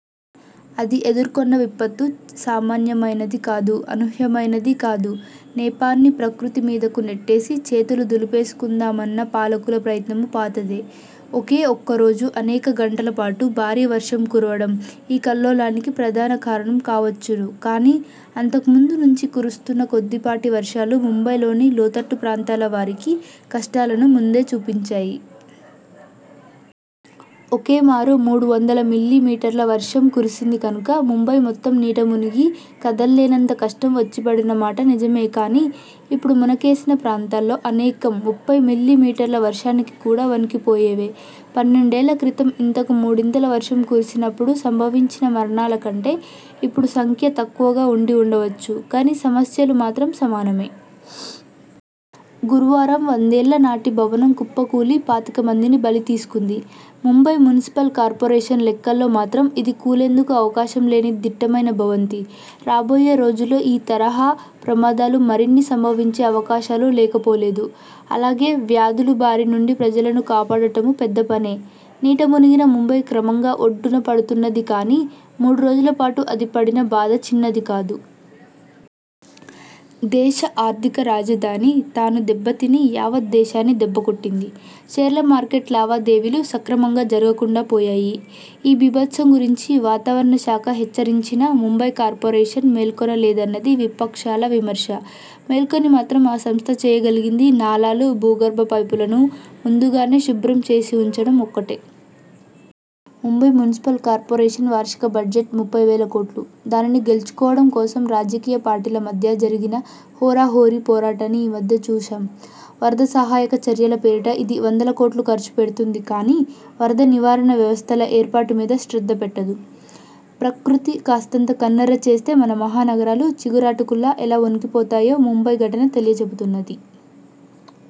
అది ఎదుర్కొన్న విపత్తు సామాన్యమైనదీ కాదు, అనూహ్యమైనదీ కాదు. నెపాన్ని ప్రకృతి మీదకు నెట్టేసి చేతులు దులిపేసుకుందామన్న పాలకుల ప్రయత్నమూ పాతదే. ఒకే ఒక్కరోజు అనేక గంటలపాటు భారీ వర్షం కురవడం ఈ కల్లోలానికి ప్రధాన కారణం కావచ్చును కానీ, అంతకుముందు నుంచీ కురుస్తున్న కొద్దిపాటి వర్షాలు ముంబైలోని లోతట్టుప్రాంతాల వారికి కష్టాలను ముందే చూపించాయి. ఒకేమారు మూడువందల మిల్లీమీటర్ల వర్షం కురిసింది కనుక ముంబై మొత్తం నీటమునిగి, కదల్లేనంత కష్టం వచ్చిపడినమాట నిజమే కానీ, ఇప్పుడు మునకేసిన ప్రాంతాల్లో అనేకం ముప్పై మిల్లీమీటర్ల వర్షానికి కూడా వొణికిపోయేవే. పన్నెండేళ్ళ క్రితం ఇంతకు మూడింతల వర్షం కురిసినప్పుడు సంభవించిన మరణాల కంటే ఇప్పుడు సంఖ్య తక్కువగా ఉండివుండవచ్చు కానీ, సమస్యలు మాత్రం సమానమే. గురువారం వందేళ్ళనాటి భవనం కుప్పకూలి పాతికమందిని బలితీసుకుంది. ముంబై మునిసిపల్ కార్పొరేషన్ లెక్కల్లో మాత్రం ఇది కూలేందుకు అవకాశంలేని దిట్టమైన భవంతి. రాబోయే రోజుల్లో ఈ తరహా ప్రమాదాలు మరిన్ని సంభవించే అవకాశాలు లేకపోలేదు. అలాగే, వ్యాధుల బారినుంచి ప్రజలను కాపాడటమూ పెద్దపనే. నీటమునిగిన ముంబై క్రమంగా ఒడ్డునపడుతున్నది కానీ, మూడురోజుల పాటు అది పడిన బాధ చిన్నది కాదు. దేశ ఆర్థిక రాజధాని తాను దెబ్బతిని యావత్ దేశాన్ని దెబ్బకొట్టింది. షేర్లమార్కెట్ లావాదేవీలు సక్రమంగా జరగకుండా పోయాయి. ఈ బీభత్సం గురించి వాతావరణ శాఖ హెచ్చరించినా ముంబై కార్పొరేషన్ మేల్కొనలేదన్నది విపక్షాల విమర్శ. మేల్కొని మాత్రం ఆ సంస్థ చేయగలిగింది నాలాలు, భూగర్భ పైపులను ముందుగానే శుభ్రం చేసివుంచడం ఒక్కటే. ముంబై మునిసిపల్ కార్పొరేషన్ వార్షిక బడ్జెట్ ముప్పైవేల కోట్లు. దానిని గెలుచుకోవడం కోసం రాజకీయపార్టీల మధ్య జరిగిన హోరాహోరీ పోరాటాన్ని ఈ మధ్య చూశాం. వరదసహాయక చర్యల పేరిట ఇది వందలకోట్లు ఖర్చుపెడుతుంది కానీ, వరద నివారణ వ్యవస్థల ఏర్పాటుమీద శ్రద్ధపెట్టదు. ప్రకృతి కాస్తంత కన్నెర్రచేస్తే మన మహానగరాలు చిగురాటుకుల్లా ఎలా వొణికిపోతాయో ముంబై ఘటన తెలియచెబుతున్నది.